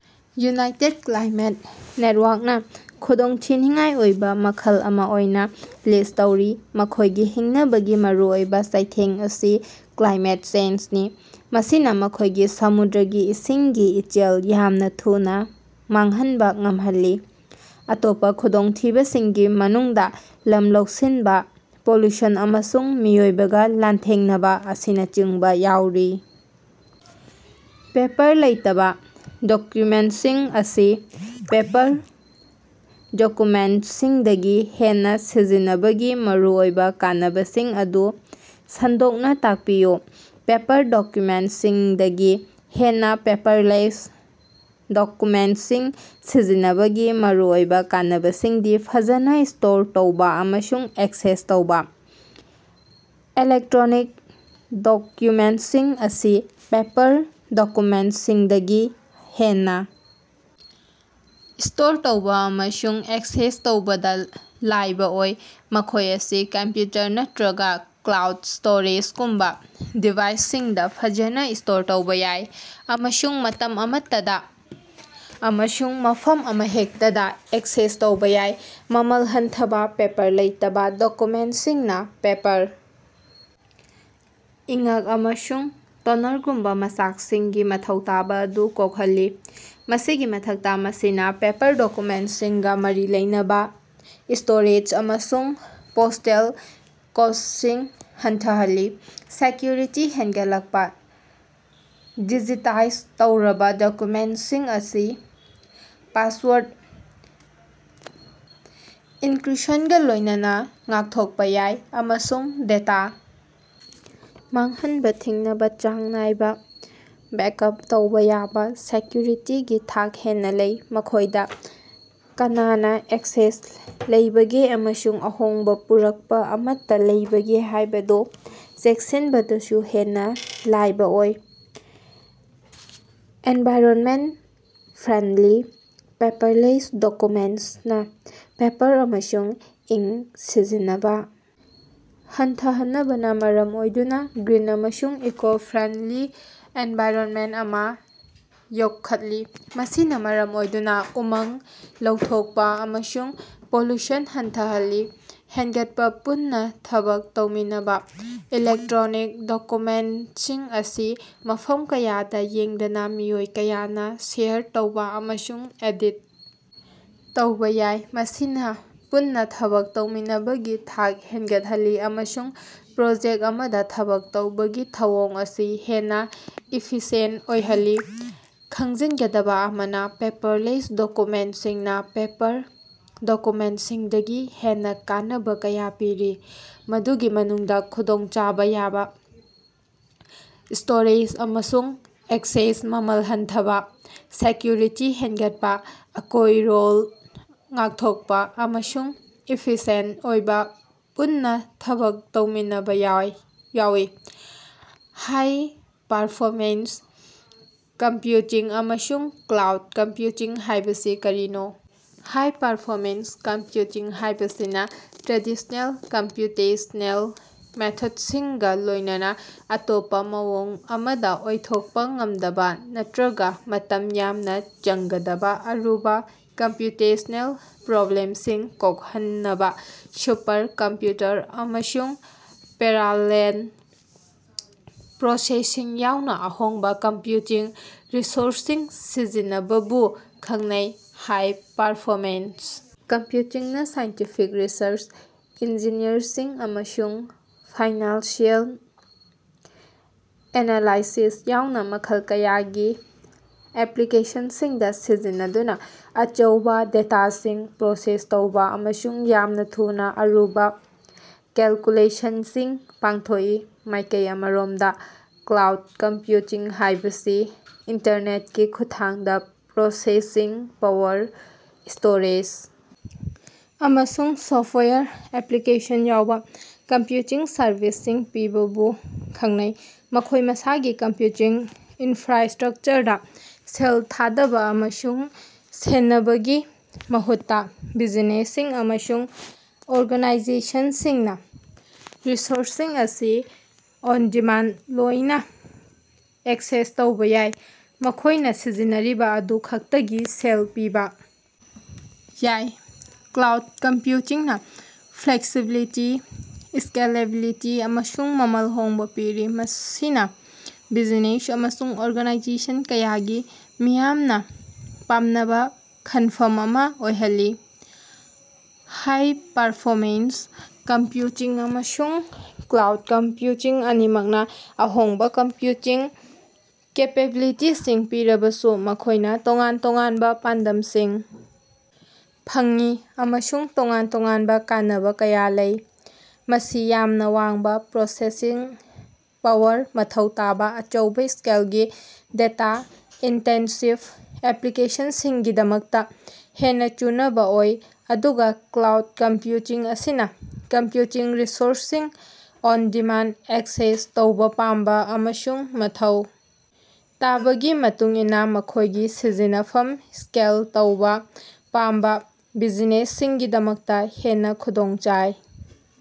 United Climate Network ꯅ ꯈꯨꯗꯣꯡꯊꯤꯅꯤꯡꯉꯥꯏ ꯑꯣꯏꯕ ꯃꯈꯜ ꯑꯃ ꯑꯣꯏꯅ ꯂꯤꯁ꯭ꯠ ꯇꯧꯔꯤ꯫ ꯃꯈꯣꯏꯒꯤ ꯍꯤꯡꯅꯕꯒꯤ ꯃꯔꯨꯑꯣꯏꯕ ꯆꯩꯊꯦꯡ ꯑꯁꯤ ꯀ꯭ꯂꯥꯏꯃꯦꯠ ꯆꯦꯟꯖꯅꯤ꯫ ꯃꯁꯤꯅ ꯃꯈꯣꯏꯒꯤ ꯁꯃꯨꯗ꯭ꯔꯒꯤ ꯏꯁꯤꯡꯒꯤ ꯏꯆꯦꯜ ꯌꯥꯝꯅ ꯊꯨꯅ ꯃꯥꯡꯍꯟꯕ ꯉꯝꯍꯜꯂꯤ꯫ ꯑꯇꯣꯞꯄ ꯈꯨꯗꯣꯡꯊꯤꯕꯁꯤꯡꯒꯤ ꯃꯅꯨꯡꯗ ꯂꯝ ꯂꯧꯁꯤꯟꯕ, ꯄꯣꯂꯨꯁꯟ, ꯑꯃꯁꯨꯡ ꯃꯤꯑꯣꯏꯕꯒ ꯂꯥꯟꯊꯦꯡꯅꯕ ꯑꯁꯤꯅꯆꯤꯡꯕ ꯌꯥꯎꯔꯤ꯫। ꯄꯦꯄꯔ ꯂꯩꯇꯕ ꯗꯣꯛꯌꯨꯃꯦꯟꯇꯁꯤꯡ ꯑꯁꯤ ꯄꯦꯄꯔ ꯗꯣꯛꯌꯨꯃꯦꯟꯇꯁꯤꯡꯗꯒꯤ ꯍꯦꯟꯅ ꯁꯤꯖꯤꯟꯅꯕꯒꯤ ꯃꯔꯨꯑꯣꯏꯕ ꯀꯥꯟꯅꯕꯁꯤꯡ ꯑꯗꯨ ꯁꯟꯗꯣꯛꯅ ꯇꯥꯛꯄꯤꯌꯨ꯫ ꯄꯦꯄꯔ ꯗꯣꯛꯌꯨꯃꯦꯟꯇꯁꯤꯡꯗꯒꯤ ꯍꯦꯟꯅ ꯄꯦꯄꯔꯂꯦꯁ ꯗꯣꯛꯌꯨꯃꯦꯟꯇꯁꯤꯡ ꯁꯤꯖꯤꯟꯅꯕꯒꯤ ꯃꯔꯨꯑꯣꯏꯕ ꯀꯥꯟꯅꯕꯁꯤꯡꯗꯤ: ꯐꯖꯅ ꯁ꯭ꯇꯣꯔ ꯇꯧꯕ ꯑꯃꯁꯨꯡ ꯑꯦꯛꯁꯦꯁ ꯇꯧꯕ: ꯏꯂꯦꯛꯠꯔꯣꯅꯤꯛ ꯗꯣꯛꯌꯨꯃꯦꯟꯇꯁꯤꯡ ꯑꯁꯤ ꯄꯦꯄꯔ ꯗꯣꯛꯌꯨꯃꯦꯟꯇꯁꯤꯡꯗꯒꯤ ꯍꯦꯟꯅ ꯁ꯭ꯇꯣꯔ ꯇꯧꯕ ꯑꯃꯁꯨꯡ ꯑꯦꯛꯁꯦꯁ ꯇꯧꯕꯗ ꯂꯥꯏꯕ ꯑꯣꯏ꯫ ꯃꯈꯣꯏ ꯑꯁꯤ ꯀꯝꯄ꯭ꯌꯨꯇꯔ ꯅꯠꯇ꯭ꯔꯒ ꯀ꯭ꯂꯥꯎꯗ ꯁ꯭ꯇꯣꯔꯦꯖꯒꯨꯝꯕ ꯗꯤꯚꯥꯏꯁꯁꯤꯡꯗ ꯐꯖꯅ ꯁ꯭ꯇꯣꯔ ꯇꯧꯕ ꯌꯥꯏ꯫ ꯑꯃꯁꯨꯡ ꯃꯇꯝ ꯑꯃꯠꯇꯗ ꯑꯃꯁꯨꯡ ꯃꯐꯝ ꯑꯃꯍꯦꯛꯇꯗ ꯑꯦꯛꯁꯦꯁ ꯇꯧꯕ ꯌꯥꯏ꯫ ꯃꯃꯜ ꯍꯟꯊꯕ: ꯄꯦꯄꯔ ꯂꯩꯇ ꯗꯣꯀꯨꯃꯦꯟꯇꯁꯤꯡꯅ ꯄꯦꯄꯔ, ꯏꯉ꯭ꯛ, ꯑꯃꯁꯨꯡ ꯇꯣꯅꯔꯒꯨꯝꯕ ꯃꯆꯥꯛꯁꯤꯡꯒꯤ ꯃꯊꯧ ꯇꯥꯕ ꯑꯗꯨ ꯀꯣꯛꯍꯜꯂꯤ꯫ ꯃꯁꯤꯒꯤ ꯃꯊꯛꯇ ꯃꯁꯤꯅ ꯄꯦꯄꯔ ꯗꯣꯛꯌꯨꯃꯦꯟꯇꯁꯤꯡꯒ ꯃꯔꯤ ꯂꯩꯅꯕ ꯁ꯭ꯇꯣꯔꯦꯖ ꯑꯃꯁꯨꯡ ꯄꯣꯁ꯭ꯇꯦꯜ ꯀꯣꯁ꯭ꯇꯁꯤꯡ ꯍꯟꯊꯍꯜꯂꯤ꯫ ꯁꯦꯛꯌꯨꯔꯤꯇꯤ ꯍꯦꯅꯒꯠꯂꯛꯄ: ꯗꯤꯖꯤꯇꯥꯏꯖ ꯇꯧꯔꯕ ꯗꯣꯛꯌꯨꯃꯦꯟꯇꯁꯤꯡ ꯑꯁꯤ ꯄꯥꯁꯋꯥꯔꯗ, ꯑꯦꯅꯀꯔꯤꯄꯁꯟꯒ ꯂꯣꯏꯅꯅ ꯉꯥꯛꯊꯣꯛꯄ ꯌꯥꯏ ꯫ꯑꯃꯁꯨꯡ ꯗꯦꯇꯥ ꯃꯥꯡꯍꯟꯕ ꯊꯤꯡꯅꯕ ꯆꯥꯡ ꯅꯥꯏꯅ ꯕꯦꯀꯑꯞ ꯇꯧꯕ ꯌꯥꯕꯅ ꯁꯦꯀ꯭ꯌꯨꯔꯤꯇꯤꯒꯤ ꯊꯥꯛ ꯍꯦꯟꯅ ꯂꯩ꯫ ꯃꯈꯣꯏꯗ ꯀꯅꯥꯅ ꯑꯦꯛꯁꯦꯁ ꯂꯩꯕꯒꯦ ꯑꯃꯁꯨꯡ ꯑꯍꯣꯡꯕ ꯄꯨꯔꯛꯄ ꯑꯃꯠꯇ ꯂꯩꯕꯒꯦ ꯍꯥꯏꯕꯗꯨ ꯆꯦꯛꯁꯤꯟꯕꯗꯁꯨ ꯍꯦꯟꯅ ꯂꯥꯏꯕ ꯑꯣꯏ꯫ ꯑꯦꯅꯚꯥꯏꯔꯅꯃꯦꯟꯇ ꯐ꯭ꯔꯦꯟꯗꯂꯤ: ꯄꯦꯄꯔꯂꯦꯁ ꯗꯣꯀꯨꯃꯦꯟꯇꯦꯁꯅꯅ ꯄꯦꯄꯔ ꯑꯃꯁꯨꯡ ꯏꯪ ꯁꯤꯖꯤꯟꯅꯕ ꯍꯟꯊꯍꯅꯕꯅ ꯃꯔꯝ ꯑꯣꯏꯗꯨꯅ ꯒ꯭ꯔꯤꯟ ꯑꯃꯁꯨꯡ ꯏꯀꯣ-ꯐ꯭ꯔꯦꯟꯗꯂꯤ ꯑꯦꯅꯚꯥꯏꯔꯅꯃꯦꯟꯇ ꯑꯃꯥ ꯌꯣꯛꯈꯠꯂꯤ꯫ ꯃꯁꯤꯅ ꯃꯔꯝ ꯑꯣꯏꯗꯨꯅ ꯎꯃꯪ ꯂꯧꯊꯣꯛꯄ ꯑꯃꯁꯨꯡ ꯄꯣꯂꯨꯁꯟ ꯍꯟꯊꯍꯜꯂꯤ꯫ ꯍꯦꯟꯒꯠꯄ ꯄꯨꯟꯅ ꯊꯕꯛ ꯇꯧꯃꯤꯟꯅꯕ: ꯏꯂꯦꯛꯇ꯭ꯔꯣꯅꯤꯛ ꯗꯣꯀꯨꯃꯦꯟꯇꯁꯤꯡ ꯑꯁꯤ ꯃꯐꯝ ꯀꯌꯥꯗ ꯌꯦꯡꯗꯅ ꯃꯤꯑꯣꯏ ꯀꯌꯥꯅ ꯁꯦꯌꯔ ꯇꯧꯕ ꯑꯃꯁꯨꯡ ꯑꯦꯗꯤꯠ ꯇꯧꯕ ꯌꯥꯏ꯫ ꯃꯁꯤꯅ ꯄꯨꯟꯅ ꯊꯕꯛ ꯇꯧꯃꯤꯟꯅꯕꯒꯤ ꯊꯥꯛ ꯍꯦꯟꯒꯠꯍꯜꯂꯤ ꯑꯃꯁꯨꯡ ꯄ꯭ꯔꯣꯖꯦꯛꯇ ꯑꯃꯗ ꯊꯕꯛ ꯇꯧꯕꯒꯤ ꯊꯧꯑꯣꯡ ꯑꯁꯤ ꯍꯦꯟꯅ ꯏꯐꯤꯁꯤꯌꯦꯟꯇ ꯑꯣꯏꯍꯜꯂꯤ꯫ ꯈꯪꯖꯤꯟꯒꯗꯕ ꯑꯃꯅ, ꯄꯦꯄꯔꯂꯦꯁ ꯗꯣꯛꯌꯨꯃꯦꯟꯇꯁꯤꯡꯅꯥ ꯄꯦꯄꯔ ꯗꯣꯛꯌꯨꯃꯦꯟꯇꯁꯤꯡꯗꯒꯤ ꯍꯦꯟꯅ ꯀꯥꯟꯅꯕ ꯀꯌꯥ ꯄꯤꯔꯤ꯫ ꯃꯗꯨꯒꯤ ꯃꯅꯨꯡꯗ ꯈꯨꯗꯣꯡꯆꯥꯕ ꯌꯥꯕ ꯁ꯭ꯇꯣꯔꯦꯖ ꯑꯃꯁꯨꯡ ꯑꯦꯛꯁꯦꯁ, ꯃꯃꯜ ꯍꯟꯊꯕꯥ, ꯁꯦꯀ꯭ꯌꯨꯔꯤꯇꯤ ꯍꯦꯟꯒꯠꯄꯥ, ꯑꯀꯣꯏꯔꯣꯟ ꯉꯥꯛꯊꯣꯛꯄ, ꯑꯃꯁꯨꯡ ꯏꯐꯤꯁꯤꯑꯦꯟꯇ ꯑꯣꯏꯕ ꯄꯨꯟꯅ ꯊꯕꯛ ꯇꯧꯃꯤꯟꯅꯕ ꯕꯥꯎꯏ ꯌꯥꯎꯏ꯫ ꯍꯥꯏ-ꯄꯥꯔꯐꯣꯔꯃꯦꯟꯁ ꯀꯝꯄ꯭ꯌꯨꯇꯤꯡ ꯑꯃꯁꯨꯡ ꯀ꯭ꯂꯥꯎꯗ ꯀꯝꯄ꯭ꯌꯨꯇꯤꯡ ꯍꯥꯏꯕꯁꯤ ꯀꯔꯤꯅꯣ? ꯍꯥꯏ-ꯄꯥꯔꯐꯣꯔꯃꯦꯟꯁ ꯀꯝꯞꯌꯨꯇꯤꯡ ꯍꯥꯏꯕꯁꯤꯅ ꯇ꯭ꯔꯦꯗꯤꯁ꯭ꯅꯦꯜ ꯀꯝꯄ꯭ꯌꯨꯇꯦꯁ꯭ꯅꯦꯜ ꯃꯦꯊꯗꯁꯤꯡꯒꯥ ꯂꯣꯏꯅꯅ ꯑꯇꯣꯞꯄ ꯃꯑꯣꯡ ꯑꯃꯗ ꯑꯣꯏꯊꯣꯛꯄ ꯉꯝꯗꯕ ꯅꯠꯇ꯭ꯔꯒ ꯃꯇꯝ ꯌꯥꯝꯅ ꯆꯪꯒꯗꯕ ꯑꯔꯨꯕ ꯀꯝꯄ꯭ꯌꯨꯇꯦꯁ꯭ꯅꯦꯜ ꯄ꯭ꯔꯣꯕ꯭ꯂꯦꯝꯁꯤꯡ ꯀꯣꯛꯍꯟꯅꯕ ꯁꯨꯄꯔ ꯀꯝꯄ꯭ꯨꯌꯇꯔ ꯑꯃꯁꯨꯡ ꯄꯦꯔꯥꯂꯦꯜ ꯄ꯭ꯔꯣꯁꯦꯁꯤꯡ ꯌꯥꯎꯅ ꯑꯍꯣꯡꯕ ꯀꯝꯄ꯭ꯌꯨꯇꯤꯡ ꯔꯤꯁꯣꯔꯁꯁꯤꯡ ꯁꯤꯖꯤꯟꯅꯕꯕꯨ ꯈꯪꯅꯩ꯫ ꯍꯥꯏ ꯄ꯭ꯔꯐꯣꯃꯦꯟꯁ ꯀꯝꯄ꯭ꯌꯨꯇꯤꯡ ꯅꯥ ꯁꯥꯏꯟꯇꯤꯐꯤꯛ ꯔꯤꯁꯔꯆ, ꯏꯟꯖꯤꯅꯤꯌꯔꯤꯡ, ꯑꯃꯁꯨꯡ ꯐꯥꯏꯅꯥꯟꯁꯤꯑꯦꯜ ꯑꯦꯅꯥꯂꯥꯏꯁꯤꯁ ꯌꯥꯎꯅ ꯃꯈꯜ ꯀꯌꯥꯒꯤ ꯑꯦꯄꯂꯤꯀꯦꯁꯟꯁꯤꯡꯗ ꯁꯤꯖꯤꯟꯅꯗꯨꯅ ꯑꯆꯧꯕ ꯗꯦꯇꯥꯁꯤꯡ ꯄ꯭ꯔꯣꯁꯦꯁ ꯇꯧꯕ ꯑꯃꯁꯨꯡ ꯌꯥꯝꯅ ꯊꯨꯅ ꯑꯔꯨꯕ ꯀꯦꯜꯀꯨꯂꯦꯁꯟꯁꯤꯡ ꯄꯥꯡꯊꯣꯛꯏ꯫ ꯃꯥꯏꯀꯩ ꯑꯃꯔꯣꯝꯗ, ꯀ꯭ꯂꯥꯎꯗ ꯀꯝꯄ꯭ꯌꯨꯇꯤꯡ ꯍꯥꯏꯕꯁꯤ ꯏꯟꯇꯔꯅꯦꯠꯀꯤ ꯈꯨꯠꯊꯥꯡꯗ ꯄ꯭ꯔꯣꯁꯦꯁꯤꯡ ꯄꯥꯋꯔ, ꯁ꯭ꯇꯣꯔꯦꯖ, ꯑꯃꯁꯨꯡ ꯁꯣꯐꯇꯋꯥꯌꯔ ꯑꯦꯄꯂꯤꯀꯦꯁꯟꯁꯤꯡ ꯌꯥꯎꯅ ꯀꯝꯄ꯭ꯌꯨꯇꯤꯡ ꯁꯔꯚꯤꯁꯁꯤꯡ ꯄꯤꯕꯕꯨ ꯈꯪꯅꯩ꯫ ꯃꯈꯣꯏ ꯃꯁꯥꯒꯤ ꯀꯝꯄ꯭ꯌꯨꯇꯤꯡ ꯏꯟꯐ꯭ꯔꯥꯁ꯭ꯇꯔꯛꯆꯔꯗ ꯁꯦꯜ ꯊꯥꯗꯕ ꯑꯃꯁꯨꯡ ꯁꯦꯟꯅꯕꯒꯤ ꯃꯍꯨꯠꯇ ꯕꯤꯖꯤꯅꯦꯁꯁꯤꯡ ꯑꯃꯁꯨꯡ ꯑꯣꯔꯒꯅꯥꯏꯖꯦꯁꯟꯁꯤꯡꯅ ꯔꯤꯁꯣꯔꯁꯁꯤꯡ ꯑꯁꯤ ꯑꯣꯟ-ꯗꯤꯃꯥꯟꯗ ꯑꯣꯏꯅ ꯑꯦꯛꯁꯦꯁ ꯇꯧꯕ ꯌꯥꯏ꯫ ꯃꯈꯣꯏꯅ ꯁꯤꯖꯤꯟꯅꯔꯤꯕ ꯑꯗꯨ ꯈꯛꯇꯒꯤ ꯁꯦꯜ ꯄꯤꯕ ꯌꯥꯏ꯫ ꯀ꯭ꯂꯥꯎꯗ ꯀꯝꯄ꯭ꯌꯨꯇꯤꯡꯅ ꯐ꯭ꯂꯦꯛꯁꯤꯕꯤꯂꯤꯇꯤ, ꯁ꯭ꯀꯦꯂꯦꯕꯤꯂꯤꯇꯤ, ꯑꯃꯁꯨꯡ ꯃꯃꯜ ꯍꯣꯡꯕ ꯄꯤꯔꯤ꯫ ꯃꯁꯤꯅ ꯕꯤꯖꯤꯅꯦꯁ ꯑꯃꯁꯨꯡ ꯑꯣꯔꯒꯅꯥꯏꯖꯦꯁꯟ ꯀꯌꯥꯒꯤ ꯃꯤꯌꯥꯝꯅ ꯄꯥꯝꯅꯕ ꯈꯟꯐꯝ ꯑꯃ ꯑꯣꯏꯍꯜꯂꯤ꯫ ꯍꯥꯏ-ꯄꯥꯔꯐꯣꯔꯃꯦꯟꯁ ꯀꯝꯞꯌꯨꯇꯤꯡ ꯑꯃꯁꯨꯡ ꯀ꯭ꯂꯥꯎꯗ ꯀꯝꯄ꯭ꯌꯨꯇꯤꯡ ꯑꯅꯤꯃꯛꯅ ꯑꯍꯣꯡꯕ ꯀꯝꯄ꯭ꯌꯨꯇꯤꯡ ꯀꯦꯄꯦꯕꯤꯂꯤꯇꯤꯁꯤꯡ ꯄꯤꯔꯕꯁꯨ ꯃꯈꯣꯏꯅ ꯇꯣꯉꯥꯟ ꯇꯣꯉꯥꯟꯕ ꯄꯥꯟꯗꯝꯁꯤꯡ ꯐꯪꯏ꯫ ꯑꯃꯁꯨꯡ ꯇꯣꯉꯥꯟ ꯇꯣꯉꯥꯟꯕ ꯀꯥꯟꯅꯕ ꯀꯌꯥ ꯂꯩ꯫ ꯑꯁꯤ ꯌꯥꯝꯅ ꯋꯥꯡꯕ ꯄ꯭ꯔꯣꯁꯦꯁꯤꯡ ꯄꯥꯋꯔ ꯃꯊꯧ ꯇꯥꯕ ꯑꯆꯧꯕ ꯁ꯭ꯀꯦꯜꯒꯤ, ꯗꯦꯇꯥ-ꯏꯟꯇꯦꯟꯁꯤꯚ ꯑꯦꯞꯂꯤꯀꯦꯁꯟꯁꯤꯡꯒꯤꯗꯃꯛꯇ ꯍꯦꯟꯅ ꯆꯨꯅꯕ ꯑꯣꯏ꯫ ꯑꯗꯨꯒ ꯀ꯭ꯂꯥꯎꯗ ꯀꯝꯄ꯭ꯌꯨꯇꯤꯡ ꯑꯁꯤꯅ ꯀꯝꯄ꯭ꯌꯨꯇꯤꯡ ꯔꯤꯁꯣꯔꯁꯁꯤꯡ ꯑꯣꯟ-ꯗꯤꯃꯥꯟꯗ ꯑꯦꯛꯁꯦꯁ ꯇꯧꯕ ꯄꯥꯝꯕ ꯑꯃꯁꯨꯡ ꯃꯊꯧ ꯇꯥꯕꯒꯤ ꯃꯇꯨꯡꯏꯟꯅ ꯃꯈꯣꯏꯒꯤ ꯁꯤꯖꯤꯟꯅꯐꯝ ꯁ꯭ꯀꯦꯜ ꯇꯧꯕ ꯄꯥꯝꯕ ꯕꯤꯖꯤꯅꯦꯁꯁꯤꯡꯒꯤꯗꯃꯛꯇ ꯍꯦꯟꯅ ꯈꯨꯗꯣꯡꯆꯥꯏ꯫